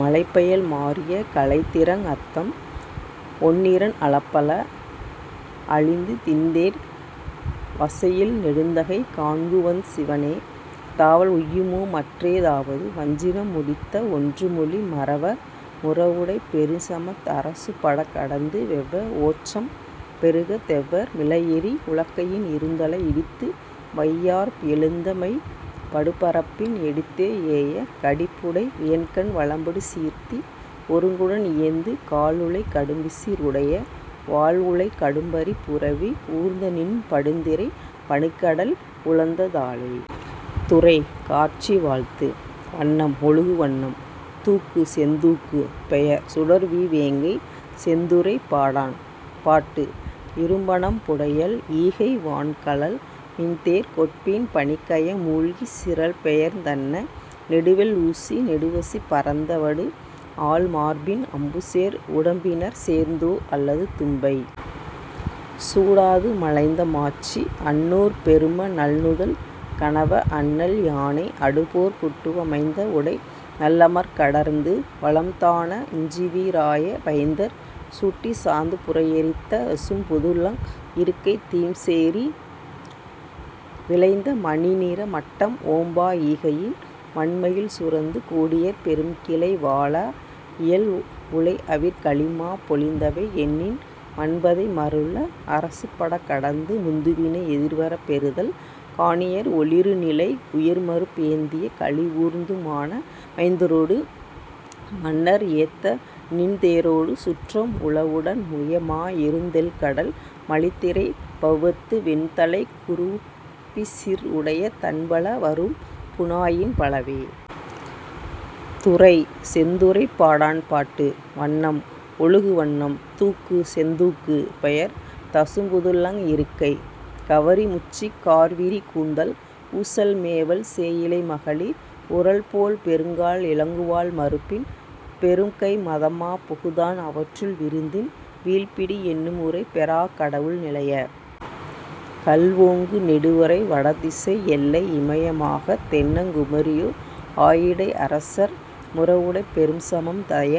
மழைபெயல் மாறிய கழைதிரங் அத்தம் ஒன்இரண் அலபல அழிந்து திண்தேர் வசைஇல் நெடுந்தகை காண்குவந் திசினே தாவல் உய்யுமோ மற்றே தாவாது வஞ்சினம் முடித்த ஒன்றுமொழி மறவர் முரஉடைப் பெருஞ்சமத் அரசுபடக் கடந்து வெவ்வர் ஓச்சம் பெருகத் தெவ்வர் மிளஎறி உலக்கையின் இருந்தலை இடித்து வைஆர்ப் எழுந்த மைபடு பரப்பின் எடுத்தே ஏய கடிப்உடை வியன்கண் வலம்படு சீர்த்தி ஒருங்உடன் இயைந்து கால்உளைக் கடும்பிசிர் உடைய வால்உளைக் கடும்பரிப் புரவி ஊர்ந்தநின் படுந்திரைப் பனிக்கடல் உழந்த தாளே. துறை: காட்சி வாழ்த்து வண்ணம்: ஒழுகு வண்ணம் தூக்கு: செந்தூக்கு பெயர்: சுடர்வீவேங்கை செந்துறைப் பாடாண்பாட்டு இரும்பனம் புடையல் ஈகை வான்கழல் மீன்தேர் கொட்பின் பனிக்கயம் மூழ்கிச் சிரல்பெயர்ந் தன்ன நெடுவெள் ஊசி நெடுவசி பரந்த வடுஆழ் மார்பின் அம்புசேர் உடம்பினர்ச் சேர்ந்தோர் அல்லது தும்பை சூடாது மலைந்த மாட்சி அன்னோர் பெரும நல்நுதல் கணவ அண்ணல் யானை அடுபோர்க் குட்டுவ மைந்உடை நல்அமர்க் கடந்து வலம்தாணஇ இஞ்சிவீ விராய பைந்தார் சூட்டிச் சாந்துபுறத் எறித்த தசும்புதுளங் இருக்கைத் தீம்சேறு விளைந்த மணிநிற மட்டம் ஓம்பா ஈகையின் வண்மகிழ் சுரந்து கோடியர் பெரும்கிளை வாழ ஆஇயல் உளைஅவிர் கலிமாப் பொழிந்தவை எண்ணின் மன்பதை மருள அரசுபடக் கடந்து முந்துவினை எதிர்வரப் பெறுதல் காணியர் ஒளிறுநிலை உயர்மருப் ஏந்திய களிஊர்ந்து மான மைந்தரொடு மன்னர் ஏத்தநின் தேரொடு சுற்றம் உலஉடன் மூய மாஇருந் தெள்கடல் மலிதிரைப் பெளவத்து வெண்தலைக் குரூஉப்பிசிர் உடையத் தண்பல வரூஉம் புணாயின் பலவே. துறை: செந்துறைப் பாடாண்பாட்டு வண்ணம்: ஒழுகு வண்ணம் தூக்கு: செந்தூக்கு பெயர்: தசும்புதுளங் இருக்கை கவரி முச்சிக் கார்விரி கூந்தல் ஊசல் மேவல் சேய்இழை மகளிர் உரல்போல் பெருங்கால் இலங்குவாள் மருப்பின் பெரும்கை மதமாப் புகுதான் அவற்றுள் விருந்தின் வீழ்பிடி எண்ணுமுறை பெறாஅக் கடவுள் நிலைய கல்ஓங்கு நெடுவரை வடதிசை எல்லை இமய மாகத் தென்னங் குமரியொ ஆயிடை அரசர் முரஉடைப் பெரும்சமம் ததைய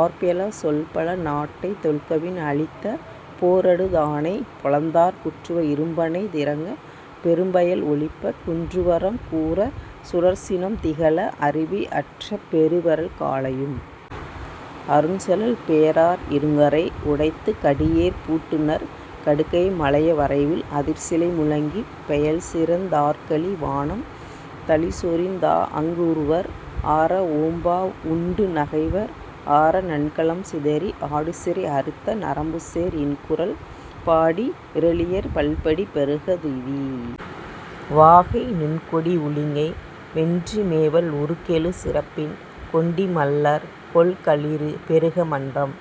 ஆர்ப்எழச் சொல்பல நாட்டைத் தொல்கவின் அழித்த போர்அடு தானைப் பொலந்தார்க் குட்டுவ இரும்பணை திரங்கப் பெரும்பயல் ஒளிப்பக் குன்றுவறம் கூரச் சுடர்சினம் திகழ அருவிஅற்ற பெருவறல் காலையும் அருஞ்செலல் பேராற் இருங்கரை உடைத்துக் கடிஏர் பூட்டுநர் கடுக்கை மலைய வரைவில் அதிர்சிலை முழங்கிப் பெயல்சிறந் ஆர்கலி வானம் தளிசொரிந் தாஅங் உறுவர் ஆர ஓம்பா உண்டு நகைவர் ஆர நன்கலம் சிதறி ஆடுசிறை அறுத்த நரம்புசேர் இன்குரல் பாடு விறலியர் பல்பிடி பெறுக துய்வீ வாகை நுண்கொடி உழிஞை வென்றி மேவல் உருகெழு சிறப்பின் கொண்டி மள்ளர் கொல்களிறு பெறுக மன்றம்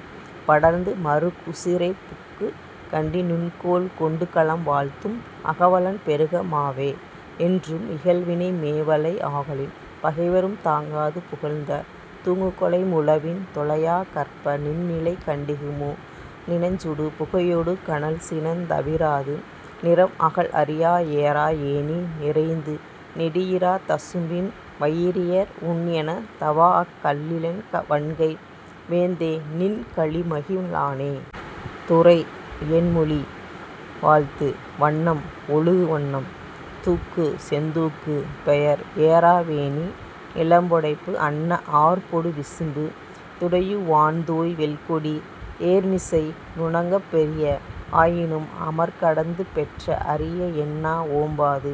படர்ந்து மறுகுசிறைப் புக்குக் கண்டி நுண்கோல் கொண்டுகளம் வாழ்த்தும் அகவலன் பெறுக மாவே என்றும் இகல்வினை மேவலை ஆகலின் பகைவரும் தாங்காது புகழ்ந்த தூங்குகொளை முழவின் தொலையாக் கற்பநின் நிலைகண் டிகுமே நிணம்சுடு புகையொடு கனல்சினந் அவிராது நிரம்அகல் அறியா ஏறா ஏணி நிறைந்து நெடிஇராத் தசும்பின் வயிரியர் உண்எனத் தவாஅக் கள்ளின் வண்கை வேந்தேநின் கலிமகி ழானே. துறை: இயன்மொழிவாழ்த்து வண்ணம்: ஒழுகு வண்ணம் தூக்கு: செந்தூக்கு பெயர்: ஏறாவேணி நிலம்புடைப் அன்னஆர்ப் பொடுவிசும்பு துடையூ வான்தோய் வெல்கொடி தேர்மிசை நுடங்கப் பெரிய ஆயினும் அமர்கடந்து பெற்ற அரிய என்னா ஓம்பாது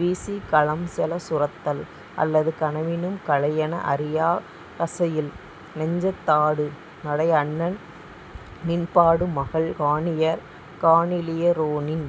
வீசிக் கலம்செலச் சுரத்தல் அல்லது கனவினும் களைஎன அறியாக் கசஇல் நெஞ்சத் ஆடுநடை அண்ணல்நின் பாடுமகள் காணியர் காணி லியரோநின்